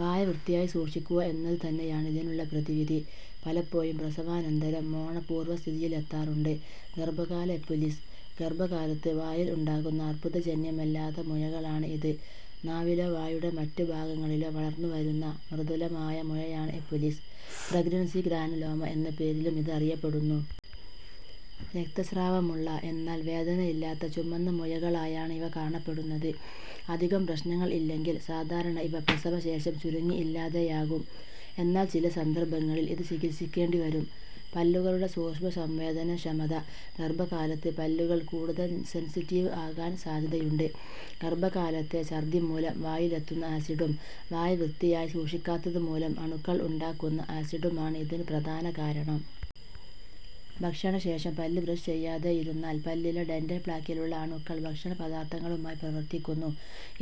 വായ വൃത്തിയായി സൂക്ഷിക്കുക എന്നത് തന്നെയാണ് ഇതിനുള്ള പ്രതിവിധി. പലപ്പോഴും പ്രസവാനന്തരം മോണ പൂര്വ്വസ്ഥിതിയില് എത്താറുണ്ട്. ഗര്ഭകാല എപുലിസ് ഗര്ഭകാലത്ത് വായില് ഉണ്ടാകുന്ന അര്ബുദജന്യമല്ലാത്ത മുഴകളാണ് ഇത്. നാവിലോ വായുടെ മറ്റു ഭാഗങ്ങളിലോ വളര്ന്നുവരുന്ന മൃദുലമായ മുഴയാണ് എപുലിസ്. പ്രഗ്നന്സി ഗ്രാനുലോമ എന്ന പേരിലും ഇതറിയപ്പെടുന്നു. രക്തസ്രാവമുള്ള, എന്നാല് വേദനയില്ലാത്ത ചുമന്ന മുഴകളായാണ് ഇവ കാണപ്പെടുന്നത്. അധികം പ്രശ്നങ്ങള് ഇല്ലെങ്കില് സാധാരണ ഇവ പ്രസവശേഷം ചുരുങ്ങി ഇല്ലാതെയാകും. എന്നാല് ചില സന്ദര്ഭങ്ങളില് ഇത് ചികിത്സിക്കേണ്ടി വരും. പല്ലുകളുടെ സൂക്ഷ്മസംവേദനക്ഷമത ഗര്ഭകാലത്ത് പല്ലുകള് കൂടുതല് സെന്സിറ്റീവ് ആകാന് സാധ്യതയുണ്ട്. ഗര്ഭകാലത്തെ ചര്ദ്ദി മൂലം വായിലെത്തുന്ന ആസിഡും വായ വൃത്തിയായി സൂക്ഷിക്കാത്തത് മൂലം അണുക്കള് ഉണ്ടാക്കുന്ന ആസിഡും ആണ് ഇതിനു പ്രധാന കാരണം. ഭക്ഷണശേഷം പല്ല് ബ്രഷ് ചെയ്യതെയിരുന്നാല് പല്ലിലെ ഡെന്റല് പ്ലാക്കിലുള്ള അണുക്കള് ഭക്ഷണപദാര്ഥങ്ങളുമായി പ്രവര്ത്തിക്കുന്നു.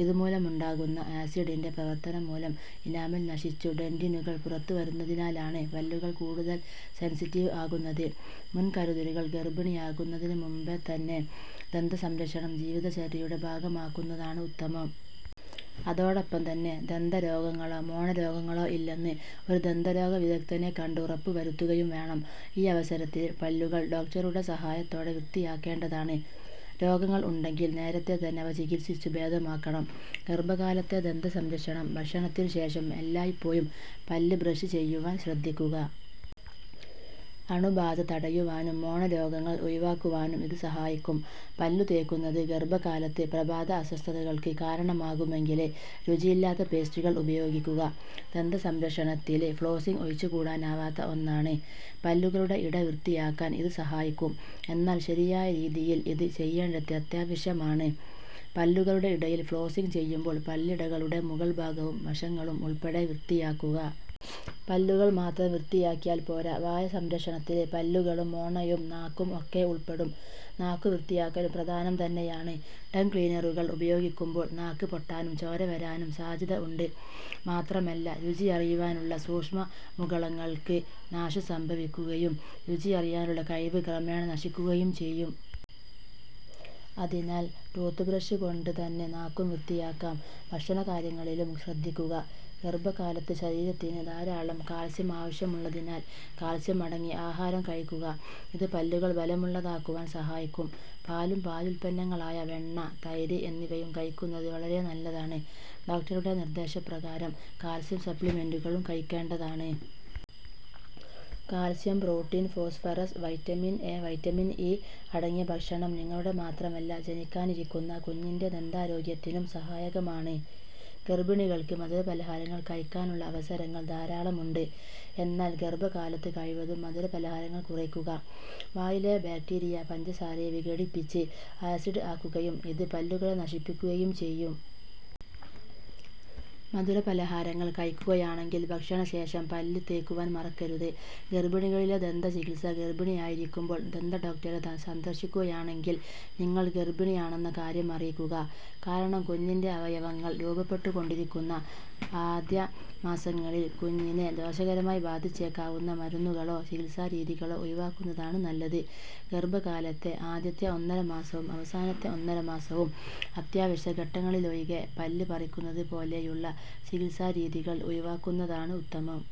ഇതുമൂലമുണ്ടാകുന്ന ആസിഡിന്റെ പ്രവര്ത്തനം മൂലം ഇനാമല് നശിച്ചു ഡെന്റിനുകള് പുറത്തു വരുന്നതിനാലാണ് പല്ലുകള് കൂടുതല് സെന്സിറ്റീവ് ആകുന്നത്. മുന്കരുതലുകള് ഗര്ഭിണിയാകുന്നതിനു മുന്പേ ഗര്ഭിണിയാകുന്നതിനു മുന്പ് തന്നെ ദന്ത സംരക്ഷണം ജീവിതചര്യയുടെ ഭാഗമാക്കുന്നതാണ് ഉത്തമം. അതോടൊപ്പം തന്നെ, ദന്ത രോഗങ്ങളോ മോണരോഗങ്ങളോ ഇല്ലെന്നു ഒരു ദന്തരോഗ വിദഗ്ധനെ കണ്ടു ഉറപ്പു വരുത്തുകയും വേണം. ഈ അവസരത്തില് പല്ലുകള് ഡോക്ടറുടെ സഹായത്തോടെ വൃത്തിയാക്കേണ്ടതാണ്. രോഗങ്ങള് ഉണ്ടെങ്കില് നേരത്തെ തന്നെ അവ ചികിത്സിച്ചു ഭേദമാക്കണം. ഗര്ഭകാലത്തെ ദന്ത സംരക്ഷണം ഭക്ഷണത്തിന് ശേഷം എല്ലായ്പ്പോഴും പല്ല് ബ്രഷ് ചെയ്യുവാന് ശ്രദ്ധിക്കുക. അണുബാധ തടയുവാനും മോണരോഗങ്ങള് ഒഴിവാക്കുവാനും ഇത് സഹായിക്കും. പല്ലുതേയ്ക്കുന്നത് ഗര്ഭകാലത്ത് പ്രഭാത അസ്വസ്ഥതകള്ക്ക് കാരണമാകുമെങ്കില് രുചിയില്ലാത്ത പേസ്റ്റുകള് ഉപയോഗിക്കുക. ദന്ത സംരക്ഷണത്തില് ഫ്ലോസ്സിങ് ഒഴിച്ചുകൂടാനാവാത്ത ഒന്നാണ്. പല്ലുകളുടെ ഇട വൃത്തായാക്കാന് ഇത് സഹായിക്കും. എന്നാല് ശരിയായ രീതിയില് ഇത് ചെയ്യേണ്ടത് അത്യാവശ്യമാണ്. പല്ലുകളുടെ ഇടയില് ഫ്ലോസ്സിങ് ചെയ്യുമ്പോള് പല്ലിടകളുടെ മുകള് ഭാഗവും വശങ്ങളും ഉള്പ്പടെ വൃത്തിയാക്കുക. പല്ലുകള് മാത്രം വൃത്തിയാക്കിയാല് പോര. വായ സംരക്ഷണത്തില് പല്ലുകളും, മോണയും, നാക്കും ഒക്കെ ഉള്പ്പെടും. നാക്കു വൃത്തിയാക്കലും പ്രധാനം തന്നെയാണ്. ടങ് ക്ലീനറുകള് ഉപയോഗിക്കുമ്പോള് നാക്ക് പൊട്ടാനും ചോര വരാനും സാധ്യത ഉണ്ട്. മാത്രമല്ല രുചിയറിയുവാനുള്ള സൂക്ഷ്മ മുകളങ്ങള്ക്ക് നാശം സംഭവിക്കുകയും രുചിയറിയാനുള്ള കഴിവ് ക്രമേണ നശിക്കുകയും ചെയ്യും. അതിനാല് ടൂത്ത് ബ്രഷ് കൊണ്ടു തന്നെ നാക്കും വൃത്തിയാക്കാം. ഭക്ഷണകാര്യങ്ങളിലും ശ്രദ്ധിക്കുക. ഗര്ഭ കാലത്ത് ശരീരത്തിന് ധാരാളം കാത്സ്യം ആവശ്യമുള്ളതിനാല് കാത്സ്യം അടങ്ങിയ ആഹാരം കഴിക്കുക. ഇത് പല്ലുകള് ബലമുള്ളതാക്കുവാന് സഹായിക്കും. പാലും പാലുത്പന്നങ്ങളായ വെണ്ണ, തൈര് എന്നിവയും കഴിക്കുന്നത് വളരെ നല്ലതാണ്. ഡോക്ടറുടെ നിര്ദേശ പ്രകാരം കാത്സ്യം സപ്ലിമെന്റുകളും കഴിക്കേണ്ടതാണ്. Calcium, protein, phosphorus, vitamin A, E, ഉ തുടങ്ങിയവ അടങ്ങിയ ഭക്ഷണം നിങ്ങളുടെ മാത്രമല്ല ജനിക്കാനിരിക്കുന്ന കുഞ്ഞിന്റെ ദന്താരോഗ്യത്തിനും സഹായകമാണ്. ഗര്ഭിണികള്ക്ക് മധുര പലഹാരങ്ങള് കഴിക്കാനുള്ള അവസരങ്ങള് ധാരാളമുണ്ട്. എന്നാല്, ഗര്ഭ കാലത്ത് കഴിവതും മധുര പലഹാരങ്ങള് കുറയ്ക്കുക. വായിലെ ബാക്ടീരിയ പഞ്ചസാരയെ വിഘടിപ്പിപ്പിച്ച് ആസിഡ് ആക്കുകയും ഇത് പല്ലുകളെ നശിപ്പിക്കുകയും ചെയ്യും. മധുര പലഹാരങ്ങള് കഴിക്കുകയാണെങ്കില് ഭക്ഷണശേഷം പല്ല് തേയ്ക്കുവാന് മറക്കരുത്. ഗര്ഭിണികളിലെ ദന്ത ചികിത്സ ഗര്ഭിണിയായിരിക്കുമ്പോള് ദന്തഡോക്ടറെ സന്ദര്ശിക്കുകയാണെങ്കില് നിങ്ങള് ഗര്ഭിണിയാണെന്ന കാര്യം അറിയിക്കുക. കാരണം കുഞ്ഞിന്റെ അവയവങ്ങള് രൂപപ്പെട്ടുകൊണ്ടിരിക്കുന്ന ആദ്യ മാസങ്ങളില് കുഞ്ഞിനെ ദോഷകരമായി ബാധിച്ചേക്കാവുന്ന മരുന്നുകളോ ചികിത്സാരീതികളോ ഒഴിവാക്കുന്നതാണ് നല്ലത്. ഗര്ഭകാലത്തെ ആദ്യത്തെ ഒന്നര മാസവും അവസാനത്തെ ഒന്നര മാസവും അത്യാവശ്യ ഘട്ടങ്ങളിലൊഴികെ പല്ല് പറിക്കുന്നത് പോലെയുള്ള ചികിത്സാരീതികള് ഒഴിവാക്കുന്നതാണ് ഉത്തമം.